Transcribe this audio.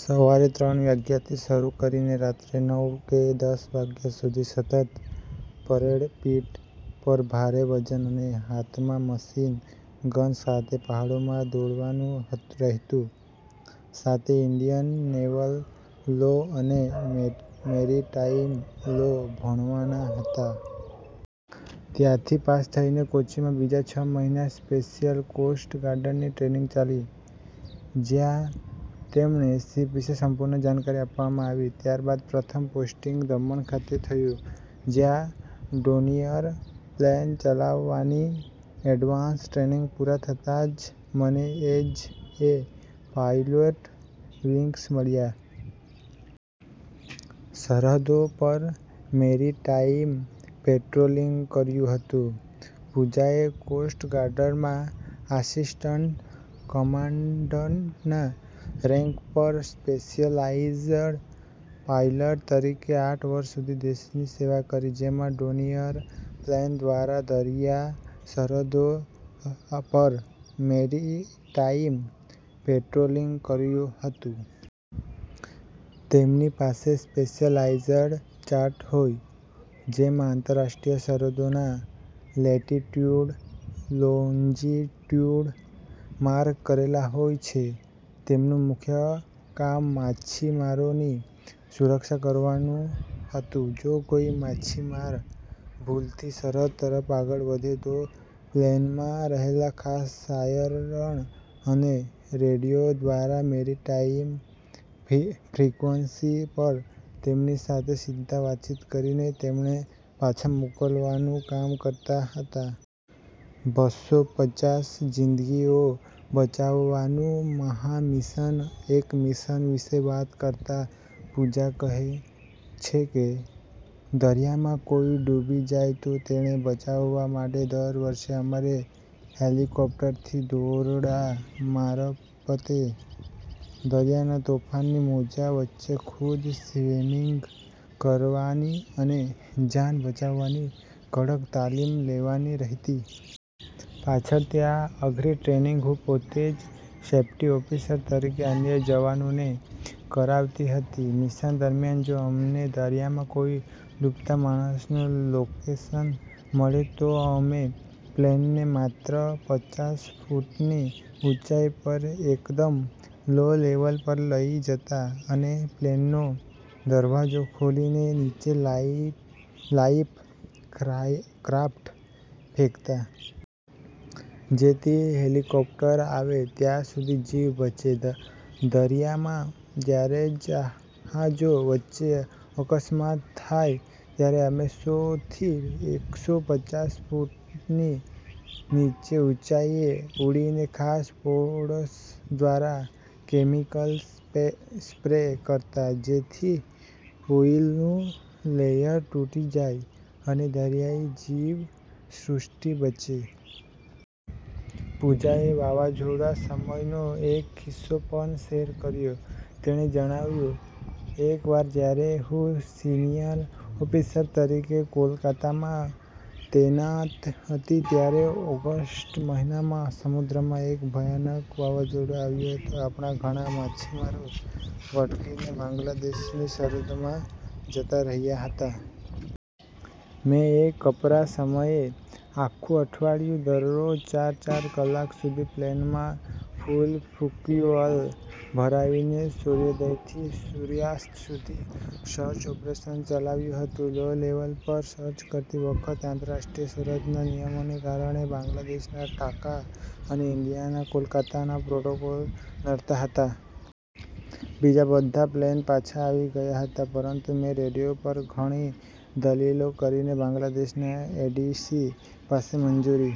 "સવારે ત્રણ વાગ્યાથી શરૂ કરીને રાત્રે નવ કે દસ વાગ્યા સુધી સતત પરેડ, પીઠ પર ભારે વજન અને હાથમાં મશીન ગન સાથે પહાડોમાં દોડવાનું હત રહેતું. સાથે ઇન્ડિયન નેવલ લો અને મેરી મેરિટાઇમ લો ભણવાના હતા. ત્યાંથી પાસ થઇને કોચીમાં બીજા છ મહિના સ્પેશિયલ કોસ્ટ ગાર્ડની ટ્રેનિંગ ચાલી. જ્યાં તેમને શિપ વિશે સંપૂર્ણ જાણકારી આપવામાં આવી. ત્યારબાદ પ્રથમ પોસ્ટિંગ દમણ ખાતે થયું, જ્યાં ડોનિયર પ્લેન ચલાવવાની એડવાન્સ ટ્રેનિંગ પૂરા થતાં જ મને એઝ એ પાયલોટ વિંગ્સ મળ્યા. સરહદો પર 'મેરિટાઇમ' પેટ્રોલિંગ કર્યું હતું." પૂજાએ કોસ્ટ ગાડરમાં આસિસ્ટન્ટ કમાન્ડન્ટના રેન્ક પર સ્પેશિયલાઇઝર પાયલટ તરીકે આઠ વર્ષ સુધી દેશની સેવા કરી. જેમાં 'ડોનિયર' પ્લેન દ્વારા દરિયા સરહદો અપર મેરિટાઇમ પેટ્રોલિંગ કર્યું હતું. તેમની પાસે સ્પેશિયલાઇઝ્ડ ચાર્ટ હોય. જેમાં આંતરરાષ્ટ્રીય સરહદોના લેટિટ્યૂડ, લોન્જિટ્યૂડ માર્ક કરેલા હોય છે. તેમનું મુખ્ય કામ માછીમારોની સુરક્ષા કરવાનું હતું. જો કોઇ માછીમાર ભૂલથી સરહદ તરફ આગળ વધે તો પ્લેનમાં રહેલા ખાસ સાયરન અને રેડિયો દ્વારા મેરિટાઇમ ફી ફ્રિક્વન્સી પર તેમની સાથે સીધી વાતચીત કરીને તેમને પાછા મોકલવાનું કામ કરતા હતા. બસો પચ્ચાસ જિંદગીઓ બચાવવાનું મહામિશન, એક મિશન વિશે વાત કરતા પૂજા કહે છે કે, "દરિયામાં કોઇ ડૂબી જાય તો તેને બચાવવા માટે દર વર્ષે અમારે હેલિકોપ્ટરથી દોરડા મારફતે દરિયાના તોફાની મોજાં વચ્ચે ખુદ સ્વિમિંગ કરવાની અને જાન બચાવવાની કડક તાલીમ લેવાની રહેતી. પાછળથી આ અઘરી ટ્રેનિંગ હું પોતે જ સેફ્ટી ઓફિસર તરીકે અન્ય જવાનોને કરાવતી હતી. મિશન દરમિયાન જો અમને દરિયામાં કોઇ ડૂબતા માણસનું લોકેશન મળે તો અમે પ્લેનને માત્ર પચ્ચાસ ફૂટની ઊંચાઇ પર એકદમ લો-લેવલ પર લઇ જતા અને પ્લેનનો દરવાજો ખોલીને નીચે લાઇ લાઇફ ક્રાઇ ક્રાફ્ટ ફેંકતા. જેથી હેલિકોપ્ટર આવે ત્યાં સુધી જીવ બચે. દરિયામાં જ્યારે જહાજો વચ્ચે અકસ્માત થાય ત્યારે અમે સો થી એકસો પચ્ચાસ ફૂટની નીચી ઊંચાઇએ ઉડીને ખાસ પોડ્સ દ્વારા કેમિકલ સ્પ્રે કરતા, જેથી ઓઇલનું લેયર તૂટી જાય અને દરિયાઇ જીવ સૃષ્ટિ બચે." પૂજાએ વાવાઝોડા સમયનો એક કિસ્સો પણ શેર કર્યો. તેણે જણાવ્યું, "એકવાર જ્યારે હું સિનિયર ઓફિસર તરીકે કોલકાતામાં તૈનાત હતી, ત્યારે ઓગસ્ટ મહિનામાં સમુદ્રમાં એક ભયાનક વાવાઝોડું આવ્યું હતું. આપણા ઘણા માછીમારો ભટકીને બાંગ્લાદેશની સરહદોમાં જતા રહ્યાં હતા. મેં એ કપરા સમયે આખું અઠવાડિયું દરરોજ ચાર-ચાર કલાક સુધી પ્લેનમાં ફૂલ ફયૂઅલ ભરાવીને સૂર્યોદયથી સૂર્યાસ્ત સુધી સર્ચ ઓપરેશન ચલાવ્યું હતું. લો-લેવલ પર સર્ચ કરતી વખતે આંતરરાષ્ટ્રીય સરહદના નિયમોને કારણે બાંગ્લાદેશના ઢાકા અને ઇન્ડિયાના કોલકાતાના પ્રોટોકોલ નડતા હતા. બીજા બધા પ્લેન પાછા આવી ગયા હતા પરંતુ મેં રેડિયો પર ઘણી દલીલો કરીને બાંગ્લાદેશના એટીસી પાસે મંજૂરી